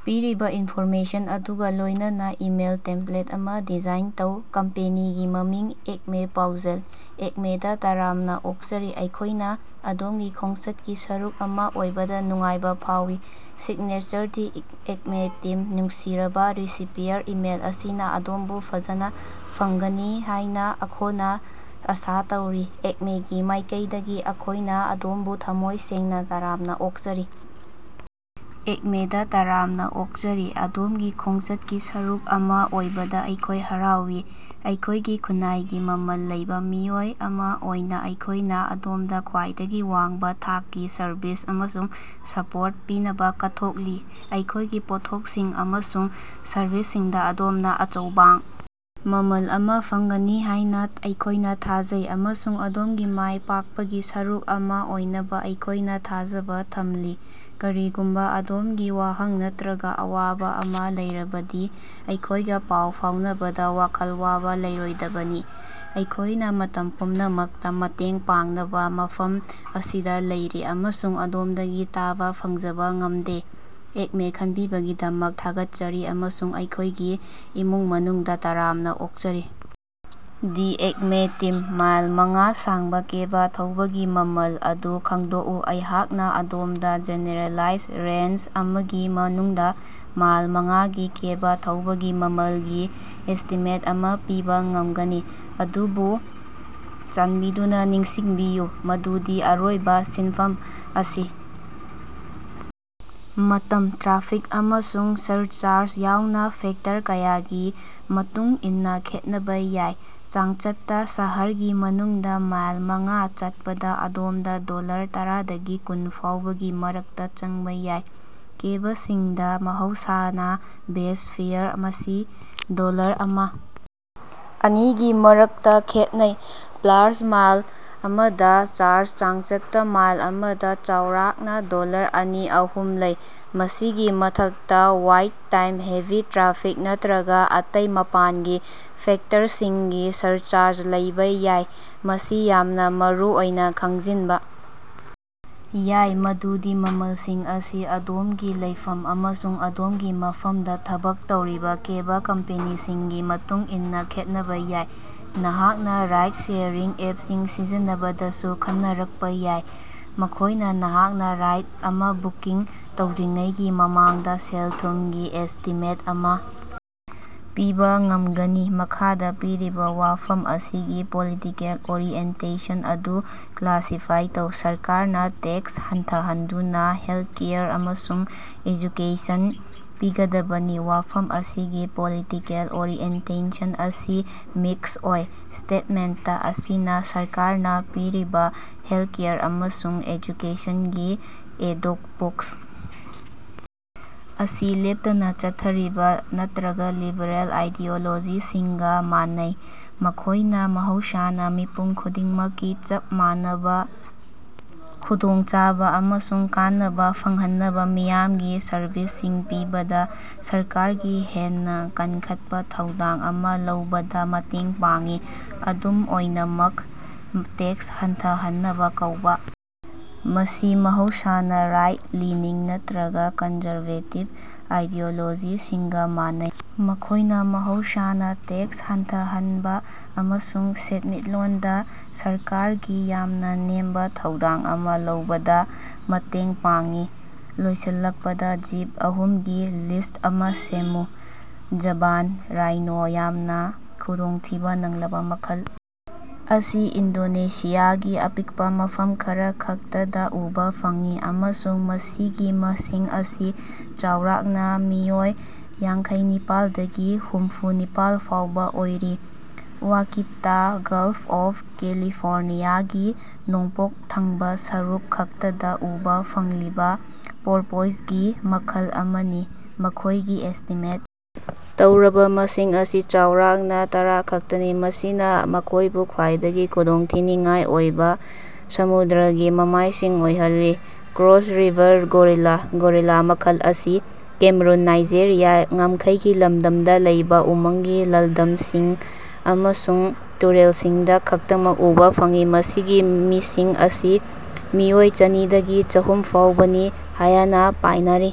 ꯄꯤꯔꯤꯕ ꯏꯟꯐꯣꯔꯃꯦꯁꯟ ꯑꯗꯨꯒ ꯂꯣꯏꯅꯅ ꯏꯃꯦꯜ ꯇꯦꯝꯄ꯭ꯂꯦꯠ ꯑꯃ ꯗꯤꯖꯥꯏꯟ ꯇꯧ꯫ ꯀꯝꯄꯦꯅꯤꯒꯤ ꯃꯃꯤꯡ: ꯑꯦꯛꯃꯦ ꯄꯥꯎꯖꯦꯜ: ꯑꯦꯛꯃꯦꯗ ꯇꯔꯥꯝꯅ ꯑꯣꯛꯆꯔꯤ! ꯑꯩꯈꯣꯏꯅ ꯑꯗꯣꯝꯒꯤ ꯈꯣꯡꯆꯠꯀꯤ ꯁꯔꯨꯛ ꯑꯃꯥ ꯑꯣꯏꯕꯗ ꯅꯨꯡꯉꯥꯏꯕ ꯐꯥꯎꯏ ꯫ꯁꯤꯒꯅꯦꯆꯔ: ꯗꯤ ꯑꯦꯛꯃꯦ ꯇꯤꯝ꯫ ꯅꯨꯡꯁꯤꯔꯕꯥ ꯔꯤꯁꯤꯄꯤꯌꯔ, ꯏꯃꯦꯜ ꯑꯁꯤꯅ ꯑꯗꯣꯝꯕꯨ ꯐꯖꯅ ꯐꯪꯒꯅꯤ ꯍꯥꯏꯅ ꯑꯩꯈꯣꯅ ꯑꯥꯁꯥ ꯇꯧꯔꯤ꯫ ꯑꯦꯛꯃꯦ ꯒꯤ ꯃꯥꯏꯀꯩꯗꯒꯤ ꯑꯩꯈꯣꯏꯅ ꯑꯗꯣꯝꯕꯨ ꯊꯃꯣꯏ ꯁꯦꯡꯅ ꯇꯔꯥꯝꯅ ꯑꯣꯛꯆꯔꯤ! ꯑꯦꯛꯃꯦ ꯗ ꯇꯔꯥꯝꯅꯥꯑꯣꯛꯆꯔꯤ! ꯑꯗꯣꯝꯒꯤ ꯈꯣꯡꯆꯠꯀꯤ ꯁꯔꯨꯛ ꯑꯃ ꯑꯣꯏꯕꯗ ꯑꯩꯈꯣꯏ ꯍꯔꯥꯎꯏ꯫ ꯑꯩꯈꯣꯏꯒꯤ ꯈꯨꯟꯅꯥꯏꯒꯤ ꯃꯃꯜ ꯂꯩꯕ ꯃꯤꯑꯣꯏ ꯑꯃ ꯑꯣꯏꯅ ꯑꯩꯈꯣꯏꯅ ꯑꯗꯣꯝꯗ ꯈ꯭ꯋꯥꯏꯗꯒꯤ ꯋꯥꯡꯕ ꯊꯥꯛꯀꯤ ꯁꯔꯚꯤꯁ ꯑꯃꯁꯨꯡ ꯁꯄꯣꯔꯠ ꯄꯤꯅꯕ ꯀꯠꯊꯣꯛꯂꯤ꯫ ꯑꯩꯈꯣꯏꯒꯤ ꯄꯣꯠꯊꯣꯛꯁꯤꯡ ꯑꯃꯁꯨꯡ ꯁꯔꯕꯤꯁꯁꯤꯡꯗ ꯑꯗꯣꯝꯅ ꯑꯆꯧꯕꯥ ꯃꯃꯜ ꯑꯃ ꯐꯪꯒꯅꯤ ꯍꯥꯏꯅ ꯑꯩꯈꯣꯏꯅ ꯊꯥꯖꯩ, ꯑꯃꯁꯨꯡ ꯑꯗꯣꯝꯒꯤ ꯃꯥꯏ ꯄꯥꯛꯄꯒꯤ ꯁꯔꯨꯛ ꯑꯃ ꯑꯣꯏꯅꯕ ꯑꯩꯈꯣꯏꯅ ꯊꯥꯖꯕꯥ ꯊꯝꯂꯤ꯫ ꯀꯔꯤꯒꯨꯝꯕ ꯑꯗꯣꯝꯒꯤ ꯋꯥꯍꯪ ꯅꯠꯇ꯭ꯔꯒ ꯑꯋꯥꯕ ꯑꯃ ꯂꯩꯔꯕꯗꯤ ꯑꯩꯈꯣꯏꯒ ꯄꯥꯎ ꯐꯥꯎꯅꯕꯗ ꯋꯥꯈꯜ ꯋꯥꯕ ꯂꯩꯔꯣꯏꯗꯕꯅꯤ꯫ ꯑꯩꯈꯣꯏꯅ ꯃꯇꯝ ꯄꯨꯝꯅꯃꯛꯇ ꯃꯇꯦꯡ ꯄꯥꯡꯅꯕꯥ ꯃꯐꯝ ꯑꯁꯤꯗꯥ ꯂꯩꯔꯤ, ꯑꯃꯁꯨꯡ ꯑꯗꯣꯝꯗꯒꯤ ꯇꯥꯕ ꯐꯪꯖꯕꯥ ꯉꯝꯗꯦ꯫ ꯑꯦꯛꯃꯦ ꯈꯟꯕꯤꯕꯒꯤꯗꯃꯛ ꯊꯥꯒꯠꯆꯔꯤ ꯑꯃꯁꯨꯡ ꯑꯩꯈꯣꯏꯒꯤ ꯏꯃꯨꯡ ꯃꯅꯨꯡꯗ ꯇꯔꯥꯝꯅꯥ ꯑꯣꯛꯆꯔꯤ! ꯗꯤ ꯑꯦꯛꯃꯦ ꯇꯤꯝ꯫ ꯃꯥꯏꯜ ꯃꯉꯥ ꯁꯥꯡꯕ ꯀꯦꯕ ꯊꯧꯕꯒꯤ ꯃꯃꯜ ꯑꯗꯨ ꯈꯪꯗꯣꯛꯎ꯫ ꯑꯩꯍꯥꯛꯅ ꯑꯗꯣꯝꯗ ꯖꯦꯅꯦꯔꯦꯂꯥꯏꯖ ꯔꯦꯟꯖ ꯑꯃꯒꯤ ꯃꯅꯨꯡꯗ ꯃꯥꯏꯜ ꯃꯉꯥꯒꯤ ꯀꯦꯕ ꯊꯧꯕꯒꯤ ꯃꯃꯜꯒꯤ ꯑꯦꯁꯇꯤꯃꯦꯠ ꯑꯃ ꯄꯤꯕ ꯉꯝꯒꯅꯤ, ꯑꯗꯨꯕꯨ ꯆꯥꯟꯕꯤꯗꯨꯅ ꯅꯤꯡꯁꯤꯡꯕꯤꯌꯨ ꯃꯗꯨꯗꯤ ꯑꯔꯣꯏꯕ ꯁꯦꯟꯐꯝ ꯑꯁꯤ ꯃꯐꯝ, ꯇ꯭ꯔꯥꯐꯤꯛ, ꯑꯃꯁꯨꯡ ꯁꯔꯆꯥꯔꯖ ꯌꯥꯎꯅ ꯐꯦꯛꯇꯔ ꯀꯌꯥꯒꯤ ꯃꯇꯨꯡ ꯏꯟꯅ ꯈꯦꯠꯅꯕ ꯌꯥꯏ꯫ ꯆꯥꯡꯆꯠꯇꯥ, ꯁꯍꯔꯒꯤ ꯃꯅꯨꯡꯗ ꯃꯥꯏꯜ ꯃꯉꯥ ꯆꯠꯄꯗ ꯑꯗꯣꯝꯗ ꯗꯣꯂꯔ ꯇꯔꯥꯗꯒꯤ ꯀꯨꯟ ꯐꯥꯎꯕꯒꯤ ꯃꯔꯛꯇ ꯆꯪꯕ ꯌꯥꯏ꯫ ꯀꯦꯕꯁꯤꯡꯗ ꯃꯍꯧꯁꯥꯅ ꯕꯦꯖ ꯐꯦꯌꯔ (ꯃꯁꯤ ꯗꯣꯂꯔ ꯑꯃꯥ - ꯑꯅꯤꯒꯤ ꯃꯔꯛꯇ ꯈꯦꯠꯅꯩ) ꯄ꯭ꯂꯥꯁ ꯃꯥꯏꯜ ꯑꯃꯗ ꯆꯥꯔꯖ (ꯆꯥꯡꯆꯠꯇ ꯃꯥꯏꯜ ꯑꯃꯗ ꯆꯥꯎꯔꯥꯛꯅ ꯗꯣꯂꯔ ꯑꯅꯤ - ꯑꯍꯨꯝ) ꯂꯩ꯫ ꯃꯁꯤꯒꯤ ꯃꯊꯛꯇ ꯋꯥꯏꯠ ꯇꯥꯏꯝ, ꯍꯦꯚꯤ ꯇ꯭ꯔꯥꯐꯤꯛ ꯅꯠꯇ꯭ꯔꯒ ꯑꯇꯩ ꯃꯄꯥꯟꯒꯤ ꯐꯦꯛꯇꯔꯁꯤꯡꯒꯤ ꯁꯔꯆꯥꯔꯖ ꯂꯩꯕ ꯌꯥꯏ꯫ ꯃꯁꯤ ꯌꯥꯝꯅ ꯃꯔꯨꯑꯣꯏꯅ ꯈꯪꯖꯤꯟꯕ ꯌꯥꯏ ꯃꯗꯨꯗꯤ ꯃꯃꯜꯁꯤꯡ ꯑꯁꯤ ꯑꯗꯣꯝꯒꯤ ꯂꯩꯐꯝ ꯑꯃꯁꯨꯡ ꯑꯗꯣꯝꯒꯤ ꯃꯐꯝꯗ ꯊꯕꯛ ꯇꯧꯔꯤꯕ ꯀꯦꯕ ꯀꯝꯄꯦꯅꯤꯁꯤꯡꯒꯤ ꯃꯇꯨꯡ ꯏꯟꯅ ꯈꯦꯠꯅꯕ ꯌꯥꯏ꯫ ꯅꯍꯥꯛꯅ ꯔꯥꯏꯗ-ꯁꯦꯌꯔꯤꯡ ꯑꯦꯞꯁꯤꯡ ꯁꯤꯖꯤꯟꯅꯕꯗꯁꯨ ꯈꯟꯅꯔꯛꯄ ꯌꯥꯏ, ꯃꯈꯣꯏꯅ ꯅꯍꯥꯛꯅ ꯔꯥꯏꯗ ꯑꯃ ꯕꯨꯀꯤꯡ ꯇꯧꯗ꯭ꯔꯤꯉꯩꯒꯤ ꯃꯃꯥꯡꯗꯥ ꯁꯦꯜ-ꯊꯨꯝꯒꯤ ꯑꯦꯁ꯭ꯇꯤꯃꯦꯠ ꯑꯃ ꯄꯤꯕ ꯉꯝꯒꯅꯤ꯫ ꯃꯈꯥꯗ ꯄꯤꯔꯤꯕꯥ ꯋꯥꯐꯝ ꯑꯁꯤꯒꯤ ꯄꯣꯂꯤꯇꯤꯀꯦꯜ ꯑꯣꯔꯤꯑꯦꯟꯇꯦꯁꯟ ꯑꯗꯨ ꯀ꯭ꯂꯥꯁꯤꯐꯥꯏ ꯇꯧ: ꯁꯔꯀꯥꯔꯅ ꯇꯦꯛꯁ ꯍꯟꯊꯍꯟꯗꯨꯅ ꯍꯦꯜꯊꯀꯦꯌꯔ ꯑꯃꯁꯨꯡ ꯑꯦꯖꯨꯀꯦꯁꯟ ꯄꯤꯒꯗꯕꯅꯤ꯫ ꯋꯥꯐꯝ ꯑꯁꯤꯒꯤ ꯄꯣꯂꯤꯇꯤꯀꯦꯜ ꯑꯣꯔꯤꯑꯦꯟꯇꯦꯁꯟ ꯑꯁꯤ ꯃꯤꯛꯁ ꯑꯣꯏ꯫ ꯁ꯭ꯇꯦꯠꯃꯦꯟꯇ ꯑꯁꯤꯅ ꯁꯔꯀꯥꯔꯅ ꯄꯤꯔꯤꯕ ꯍꯦꯜꯊꯀꯦꯌꯔ ꯑꯃꯁꯨꯡ ꯑꯦꯖꯨꯀꯦꯁꯟꯒꯤ ꯑꯦꯗꯣꯕꯣꯛꯁ ꯑꯁꯤ ꯂꯦꯞꯇꯅ ꯆꯠꯊꯔꯤꯕ ꯅꯠꯇ꯭ꯔꯒ ꯂꯤꯕꯔꯜ ꯑꯥꯏꯗꯤꯑꯣꯂꯣꯖꯤꯁꯤꯡꯒꯥ ꯃꯥꯟꯅꯩ, ꯃꯈꯣꯏꯅ ꯃꯍꯧꯁꯥꯅ ꯃꯤꯄꯨꯝ ꯈꯨꯗꯤꯡꯃꯛꯀꯤ ꯆꯞ ꯃꯥꯟꯅꯕ ꯈꯨꯗꯣꯡꯆꯥꯕ ꯑꯃꯁꯨꯡ ꯀꯥꯟꯅꯕ ꯐꯪꯍꯟꯅꯕ ꯃꯤꯌꯥꯝꯒꯤ ꯁꯔꯕꯤꯁꯁꯤꯡ ꯄꯤꯕꯗ ꯁꯔꯀꯥꯔꯒꯤ ꯍꯦꯟꯅ ꯀꯟꯈꯠꯄ ꯊꯧꯗꯥꯡ ꯑꯃ ꯂꯧꯕꯗ ꯃꯇꯦꯡ ꯄꯥꯡꯏ꯫ ꯑꯗꯨꯝ ꯑꯣꯏꯅꯃꯛ, ꯇꯦꯛꯁ ꯍꯟꯊꯍꯟꯅꯕ ꯀꯧꯕ ꯑꯁꯤ ꯃꯍꯧꯁꯥꯅ ꯔꯥꯏꯠ-ꯂꯤꯅꯤꯡ ꯅꯠꯇ꯭ꯔꯒ ꯀꯟꯖꯔꯕꯦꯇꯤꯚ ꯑꯥꯏꯗꯤꯑꯣꯂꯣꯖꯤꯁꯤꯡꯒ ꯃꯥꯟꯅꯩ꯫ ꯃꯈꯣꯏꯅ ꯃꯍꯧꯁꯥꯅ ꯇꯦꯛꯁ ꯍꯟꯊꯍꯟꯕ ꯑꯃꯁꯨꯡ ꯁꯦꯟꯃꯤꯠꯂꯣꯟꯗ ꯁꯔꯀꯥꯔꯒꯤ ꯌꯥꯝꯅ ꯅꯦꯝꯕ ꯊꯧꯗꯥꯡ ꯑꯃ ꯂꯧꯕꯗ ꯃꯇꯦꯡ ꯄꯥꯡꯏ꯫ ꯂꯣꯏꯁꯤꯜꯂꯛꯄꯗ ꯖꯤꯕ ꯑꯍꯨꯝꯒꯤ ꯂꯤꯁ꯭ꯠ ꯑꯃ ꯁꯦꯝꯃꯨ꯫ ꯖꯥꯚꯥꯟ ꯔꯥꯏꯅꯣ: ꯌꯥꯝꯅ ꯈꯨꯗꯣꯡꯊꯤꯕ ꯅꯪꯂꯕ ꯃꯈꯜ ꯑꯁꯤ ꯏꯟꯗꯣꯅꯦꯁꯤꯌꯥꯒꯤ ꯑꯄꯤꯛꯄ ꯃꯐꯝ ꯈꯔꯈꯛꯇꯗ ꯎꯕ ꯐꯪꯏ ꯑꯃꯁꯨꯡ ꯃꯁꯤꯒꯤ ꯃꯁꯤꯡ ꯑꯁꯤ ꯆꯥꯎꯔꯥꯛꯅ ꯃꯤꯑꯣꯏ ꯌꯥꯡꯈꯩꯅꯤꯄꯥꯜꯗꯒꯤ ꯍꯨꯝꯐꯨ ꯅꯤꯄꯥꯜ ꯐꯥꯎꯕ ꯑꯣꯏꯔꯤ꯫ ꯋꯥꯀꯤꯇꯥ: ꯒꯜꯐ ꯑꯣꯐ ꯀꯦꯂꯤꯐꯣꯔꯅꯤꯌꯥꯒꯤ ꯅꯣꯡꯄꯣꯛ ꯊꯪꯕ ꯁꯔꯨꯛ ꯈꯛꯇꯗ ꯎꯕ ꯐꯪꯂꯤꯕ ꯄꯣꯔꯄꯣꯏꯖꯒꯤ ꯃꯈꯜ ꯑꯃꯅꯤ꯫ ꯃꯈꯣꯏꯒꯤ ꯑꯦꯁ꯭ꯇꯤꯃꯦꯠ ꯇꯧꯔꯕ ꯃꯁꯤꯡ ꯑꯁꯤ ꯆꯥꯎꯔꯥꯛꯅ ꯇꯔꯥꯈꯛꯇꯅꯤ, ꯃꯁꯤꯅ ꯃꯈꯣꯏꯕꯨ ꯈ꯭ꯋꯥꯏꯗꯒꯤ ꯈꯨꯗꯣꯡꯊꯤꯅꯤꯡꯉꯥꯏ ꯑꯣꯏꯕ ꯁꯃꯨꯗ꯭ꯔꯒꯤ ꯃꯃꯥꯏꯁꯤꯡ ꯑꯣꯏꯍꯜꯂꯤ꯫ ꯀ꯭ꯔꯣꯁ ꯔꯤꯚꯔ ꯒꯣꯔꯤꯂꯥ: ꯒꯣꯔꯤꯂꯥ ꯃꯈꯜ ꯑꯁꯤ ꯀꯦꯃꯔꯨꯟ-ꯅꯥꯏꯖꯦꯔꯤꯌꯥ ꯉꯝꯈꯩꯒꯤ ꯂꯝꯗꯝꯗ ꯂꯩꯕꯥ ꯎꯃꯪꯒꯤ ꯂꯜꯗꯝꯁꯤꯡ ꯑꯃꯁꯨꯡ ꯇꯨꯔꯦꯜꯁꯤꯡꯗ ꯈꯛꯇꯃꯛ ꯎꯕ ꯐꯪꯏ, ꯃꯁꯤꯒꯤ ꯃꯤꯁꯤꯡ ꯑꯁꯤ ꯃꯤꯑꯣꯏ ꯆꯅꯤ ꯗꯒꯤ ꯆꯍꯨꯝ ꯐꯥꯎꯕꯅꯤ ꯍꯥꯌꯅ ꯄꯥꯅꯔꯤ꯫